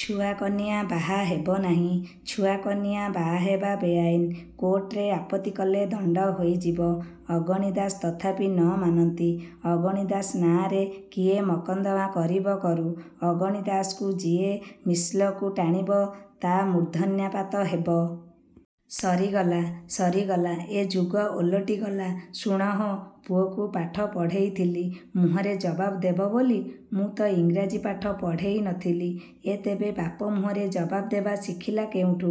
ଛୁଆ କନିଆ ବାହା ହେବ ନାହିଁ। ଛୁଆ କନିଆ ବାହା ହେବା ବେଆଇନ। କୋର୍ଟରେ ଆପତ୍ତି କଲେ ଦଣ୍ଡ ହୋଇଯିବ। ଅଗଣି ଦାଶ ତଥାପି ନ ମାନନ୍ତି। ଅଗଣି ଦାଶ ନାଆଁରେ କିଏ ମକଦ୍ଦମା କରିବ କରୁ। ଅଗଣି ଦାଶକୁ ଯିଏ ମିସଲକୁ ଟାଣିବ ତା' ମୂର୍ଦ୍ଧନ୍ୟାପାତ ହେବ। ସରିଗଲା, ସରିଗଲା, ଏ ଯୁଗ ଓଲଟିଗଲା। ଶୁଣ ହୋ, ପୁଅକୁ ପାଠ ପଢ଼େଇଥିଲି, ମୁହଁରେ ଜବାବ ଦେବ ବୋଲି। ମୁଁ ତ ଇଂରାଜୀ ପାଠ ପଢ଼େଇ ନଥିଲି, ଏ ତେବେ ବାପ ମୁହଁରେ ଜବାବ ଦେବା ଶିଖିଲା କେଉଁଠୁ?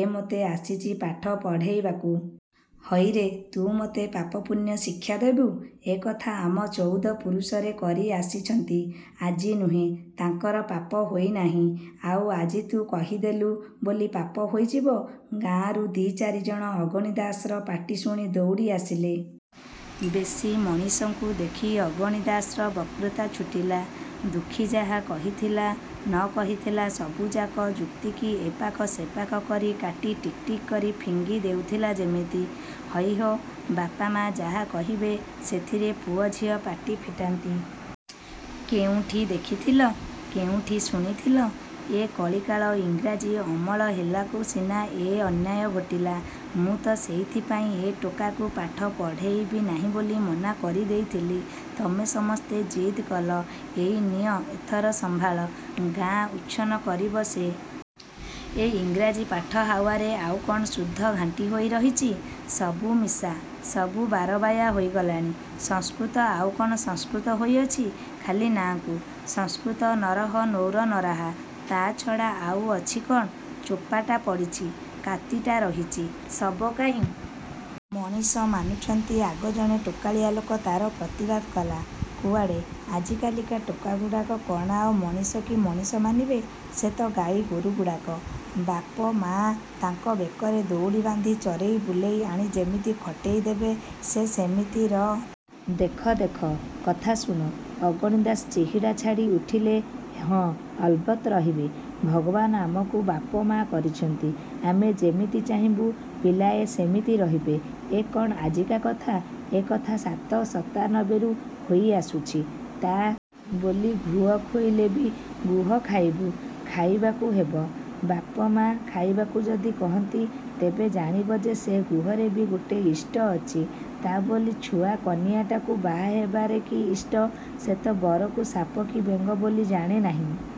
ଏ ମୋତେ ଆସିଛି ପାଠ ପଢ଼େଇବାକୁ। ହଇରେ, ତୁ ମୋତେ ପାପ ପୁଣ୍ୟ ଶିକ୍ଷା ଦେବୁ? ଏକଥା ଆମ ଚଉଦ ପୁରୁଷରେ କରି ଆସିଛନ୍ତି, ଆଜି ନୁହେଁ। ତାଙ୍କର ପାପ ହୋଇନାହିଁ, ଆଉ ଆଜି ତୁ କହିଦେଲୁ ବୋଲି ପାପ ହୋଇଯିବ। ଗାଁରୁ ଦି' ଚାରିଜଣ ଅଗଣି ଦାଶର ପାଟି ଶୁଣି ଦଉଡ଼ି ଆସିଲେ। ବେଶି ମଣିଷଙ୍କୁ ଦେଖି ଅଗଣି ଦାଶର ବକ୍ତୃତା ଛୁଟିଲା। ଦୁଃଖୀ ଯାହା କହିଥିଲା, ନ କହିଥିଲା ସବୁଯାକ ଯୁକ୍ତିକି ଏପାଖ ସେପାଖ କରି କାଟି ଟିକିଟିକି କରି ଫିଙ୍ଗି ଦେଉଥିଲା ଯେମିତି" ହଇ ହୋ, ବାପ ମା' ଯାହା କହିବେ, ସେଥିରେ ପୁଅ ଝିଅ ପାଟି ଫିଟାନ୍ତି? କୋଉଠି ଦେଖିଥିଲ? କୋଉଠି ଶୁଣିଥିଲ? ଏ କଳିକାଳ ଇଂରାଜୀ ଅମଳ ହେଲାକୁ ସିନା ଏ ଅନ୍ୟାୟ ଘୋଟିଲା। ମୁଁ ତ ସେଇଥିପାଇଁ ଏ ଟୋକାକୁ ପାଠ ପଢ଼େଇବି ନାହିଁ ବୋଲି ମନା କରିଦେଇଥିଲି। ତମେ ସମସ୍ତେ ଜିଦ୍ କଲ, ଏଇ ନିଅ, ଏଥର ସମ୍ଭାଳ। ଗାଁ ଉଚ୍ଛନ୍ନ କରିବ ସେ। ଏ ଇଂରାଜୀ ପାଠ ହାୱାରେ ଆଉ କ'ଣ ଶୁଦ୍ଧ ଖାଣ୍ଟି ହୋଇ ରହିଛି? ସବୁ ମିଶା, ସବୁ ବାରବାଇଆ ହୋଇଗଲାଣି। ସଂସ୍କୃତ ଆଉ କ'ଣ ସଂସ୍କୃତ ହୋଇଅଛି? ଖାଲି ନାଆଁକୁ? ସଂସ୍କୃତ, ନରଃ ନରୌ ନରାଃ, ତା' ଛଡ଼ା ଆଉ ଅଛି କ'ଣ? ଚୋପାଟା ପଡ଼ିଛି, କାତିଟା ରହିଛି, ଶବ କାହିଁ? ମଣିଷ ମାନୁଛନ୍ତି ଆଗ ଜଣେ ଟୋକାଳିଆ ଲୋକ ତା'ର ପ୍ରତିବାଦ କଲା "କୁଆଡ଼ୁ, ଆଜିକାଲିକା ଟୋକାଗୁଡ଼ାକ କ'ଣ ଆଉ ମଣିଷ କି ମଣିଷ ମାନିବେ। ସେ ତ ଗାଈ ଗୋରୁଗୁଡ଼ାକ। ବାପ ମା' ତାଙ୍କ ବେକରେ ଦଉଡ଼ି ବାନ୍ଧି ଚରେଇ ବୁଲେଇ ଆଣି ଯେମିତି ଖଟେଇ ଦେବେ ସେ ସେମିତି ର। ଦେଖ ଦେଖ, କଥା ଶୁଣ। ଅଗଣି ଦାଶ ଚିହିଡ଼ା ଛାଡ଼ି ଉଠିଲେ ହଁ, ଅଲବତ୍ ରହିବେ। ଭଗବାନ୍ ଆମକୁ ବାପ ମା' କରିଛନ୍ତି, ଆମେ ଯେମିତି ଚାହିଁବୁ ପିଲାଏ ସେମିତି ରହିବେ। ଏ କ'ଣ ଆଜିକା କଥା? ଏ କଥା ସାତ ସତାନବେରୁ ହୋଇ ଆସୁଛି। ତା' ବୋଲି ଘୁଅ ଖୋଇଲେବି ଗୁହ ଖାଇବୁ? ଖାଇବାକୁ ହେବ। ବାପ ମା' ଖାଇବାକୁ ଯଦି କହନ୍ତି, ତେବେ ଜାଣିବ ଯେ ସେ ଗୁହରେବି ଗୋଟେ ଇଷ୍ଟ ଅଛି।"ତା' ବୋଲି ଛୁଆ କନିଆଟାକୁ ବାହା ହେବାରେ କି ଇଷ୍ଟ, ସେ ତ ବରକୁ ସାପ କି ବେଙ୍ଗ ବୋଲି ଜାଣେ ନାହିଁ।